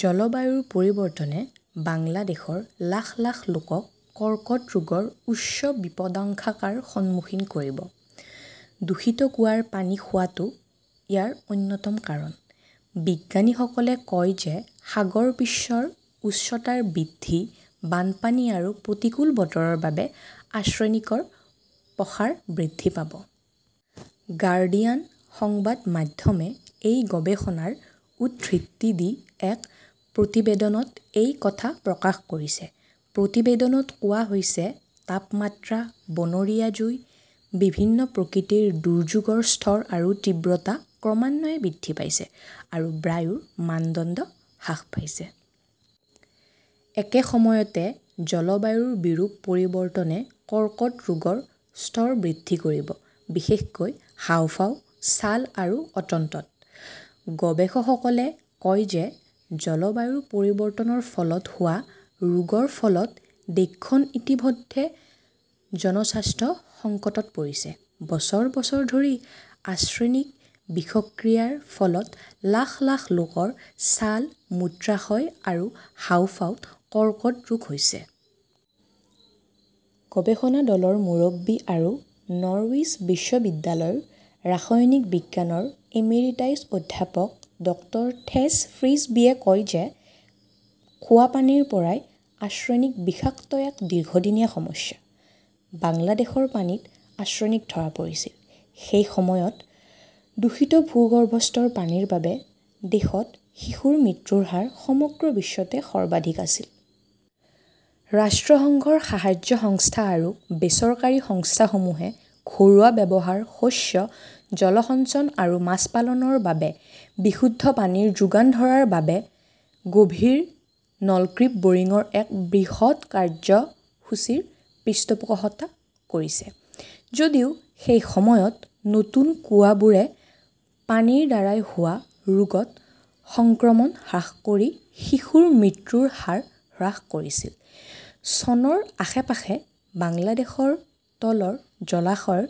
জলবায়ু পৰিৱৰ্তনে বাংলাদেশৰ লাখ লাখ লোকক কৰ্কট ৰোগৰ উচ্চ বিপদাশংকাৰ সন্মুখীন কৰিব। দূষিত কুঁৱাৰ পানী খোৱাটো ইয়াৰ অন্যতম কাৰণ। বিজ্ঞানীসকলে কয় যে সাগৰ পৃষ্ঠৰ উচ্চতা বৃদ্ধি, বানপানী আৰু প্ৰতিকূল বতৰৰ বাবে আৰ্ছেনিকৰ প্ৰসাৰ বৃদ্ধি পাব। গাৰ্ডিয়ান সংবাদ মাধ্যমে এই গৱেষণাৰ উদ্ধৃতি দি এক প্ৰতিবেদনত এই কথা প্ৰকাশ কৰিছে। প্ৰতিবেদনত কোৱা হৈছে। তাপমাত্ৰা, বনৰীয়া জুই, বিভিন্ন প্ৰকৃতিৰ দুৰ্যোগৰ স্তৰ আৰু তীব্ৰতা ক্ৰমান্বয়ে বৃদ্ধি পাইছে, আৰু বায়ুৰ মানদণ্ড হ্ৰাস পাইছে। একে সময়তে জলবায়ুৰ বিৰূপ পৰিৱৰ্তনে কৰ্কট ৰোগৰ স্তৰ বৃদ্ধি কৰিব, বিশেষকৈ হাঁওফাঁও, ছাল আৰু অন্ত্ৰত। গৱেষকসকলে কয় যে জলবায়ু পৰিৱৰ্তনৰ ফলত হোৱা ৰোগৰ ফলত দেশখন ইতিমধ্যে জনস্বাস্থ্য সংকটত পৰিছে। বছৰ বছৰ ধৰি আৰ্ছেনিক বিষক্ৰিয়াৰ ফলত লাখ লাখ লোকৰ ছাল, মূত্ৰাশয় আৰু হাঁওফাঁওৰ কৰ্কট ৰোগ হৈছে। গৱেষণা দলৰ মুৰব্বী আৰু নৰউইচ বিশ্ববিদ্যালয়ৰ ৰসায়নিক বিজ্ঞানৰ এমিৰিটাছ অধ্যাপক ডাক্তৰ ছেথ ফ্ৰিছবিয়ে কয় যে খোৱা পানীৰ পৰা আৰ্ছেনিক বিষাক্ততা এক দীৰ্ঘদিনীয়া সমস্যা। বাংলাদেশৰ পানীত আৰ্ছেনিক ধৰা পৰিছিল। সেই সময়ত দূষিত ভূগৰ্ভস্থ পানীৰ বাবে দেশত শিশুৰ মৃত্যুৰ হাৰ সমগ্ৰ বিশ্বতে সৰ্বাধিক আছিল। ৰাষ্ট্ৰসংঘৰ সাহায্য সংস্থা আৰু বেচৰকাৰী সংস্থাসমূহে ঘৰুৱা ব্যৱহাৰ, শস্য জলসঞ্চন আৰু মাছ পালনৰ বাবে বিশুদ্ধ পানী যোগান ধৰাৰ বাবে গভীৰ নলকৃপ বৰিংৰ এক বৃহৎ কাৰ্যসূচীৰ পৃষ্ঠপোষকতা কৰিছে। যদিও সেই সময়ত নতুন কুঁৱাবোৰে পানীৰ দ্বাৰা হোৱা ৰোগৰ সংক্ৰমণ হ্ৰাস কৰি শিশুৰ মৃত্যুৰ হাৰ হ্ৰাস কৰিছিল, চনৰ আশে-পাশে বাংলাদেশৰ তলৰ জলাশয়ৰ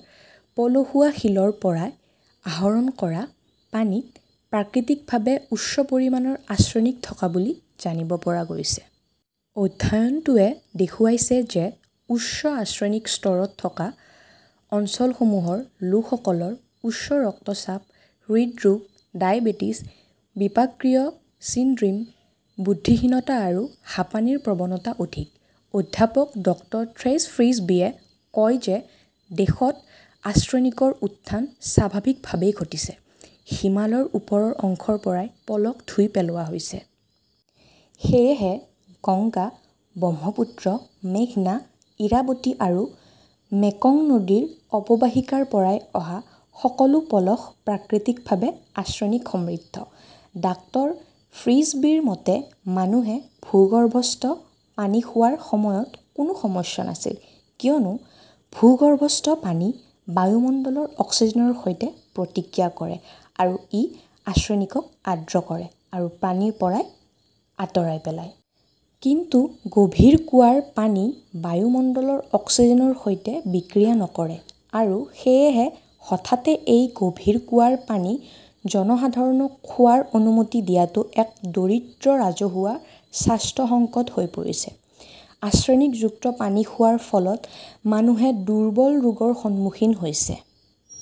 পলসুৱা শিলৰ পৰা আহৰণ কৰা পানীত প্ৰাকৃতিকভাৱে উচ্চ পৰিমাণৰ আৰ্ছেনিক থকা বুলি জানিব পৰা গৈছিল। অধ্যয়নটোৱে দেখুৱাইছে যে উচ্চ আৰ্ছেনিকৰ স্তৰ থকা অঞ্চলসমূহৰ লোকসকলৰ উচ্চ ৰক্তচাপ, হৃদৰোগ, ডায়েবেটিছ, বিপাকীয় চিনড্ৰিম, বুদ্ধিহীনতা আৰু হাঁপানিৰ প্ৰৱণতা অধিক। অধ্যাপক ডক্টৰ ছেথ ফ্ৰিছবিয়ে কয় যে দেশত আৰ্ছেনিকৰ উত্থান স্বাভাৱিকভাৱেই ঘটিছে। হিমালয়ৰ ওপৰৰ অংশৰ পৰা পলস ধুই পেলোৱা হৈছে। সেয়েহে গংগা, ব্ৰহ্মপুত্ৰ, মেঘনা, ইৰাবতী আৰু মেকং নদীৰ অৱবাহিকাৰ পৰা অহা সকলো পলস প্ৰাকৃতিকভাৱে আৰ্ছেনিক সমৃদ্ধ। ডাক্তৰ ফ্ৰিছবীৰ মতে, মানুহে ভূগৰ্ভস্থ পানী খোৱাৰ সময়ত কোনো সমস্যা নাছিল, কিয়নো ভূগৰ্ভস্থ পানী বায়ুমণ্ডলৰ অক্সিজেনৰ সৈতে প্ৰতিক্ৰিয়া কৰে আৰু ই আৰ্ছেনিকক আৰ্দ্ৰ কৰে আৰু পানীৰ পৰা আঁতৰাই পেলায়। কিন্তু গভীৰ কুঁৱাৰ পানী বায়ুমণ্ডলৰ অক্সিজেনৰ সৈতে বিক্ৰিয়া নকৰে। আৰু সেয়েহে হঠাতে এই গভীৰ কুঁৱাৰ পানী জনসাধাৰণক খোৱাৰ অনুমতি দিয়াটো এক দৰিদ্ৰ ৰাজহুৱা স্বাস্থ্য সংকট হৈ পৰিছে। আৰ্ছেনিকযুক্ত পানী খোৱাৰ ফলত মানুহে দুৰ্বল ৰোগৰ সন্মুখীন হৈছে।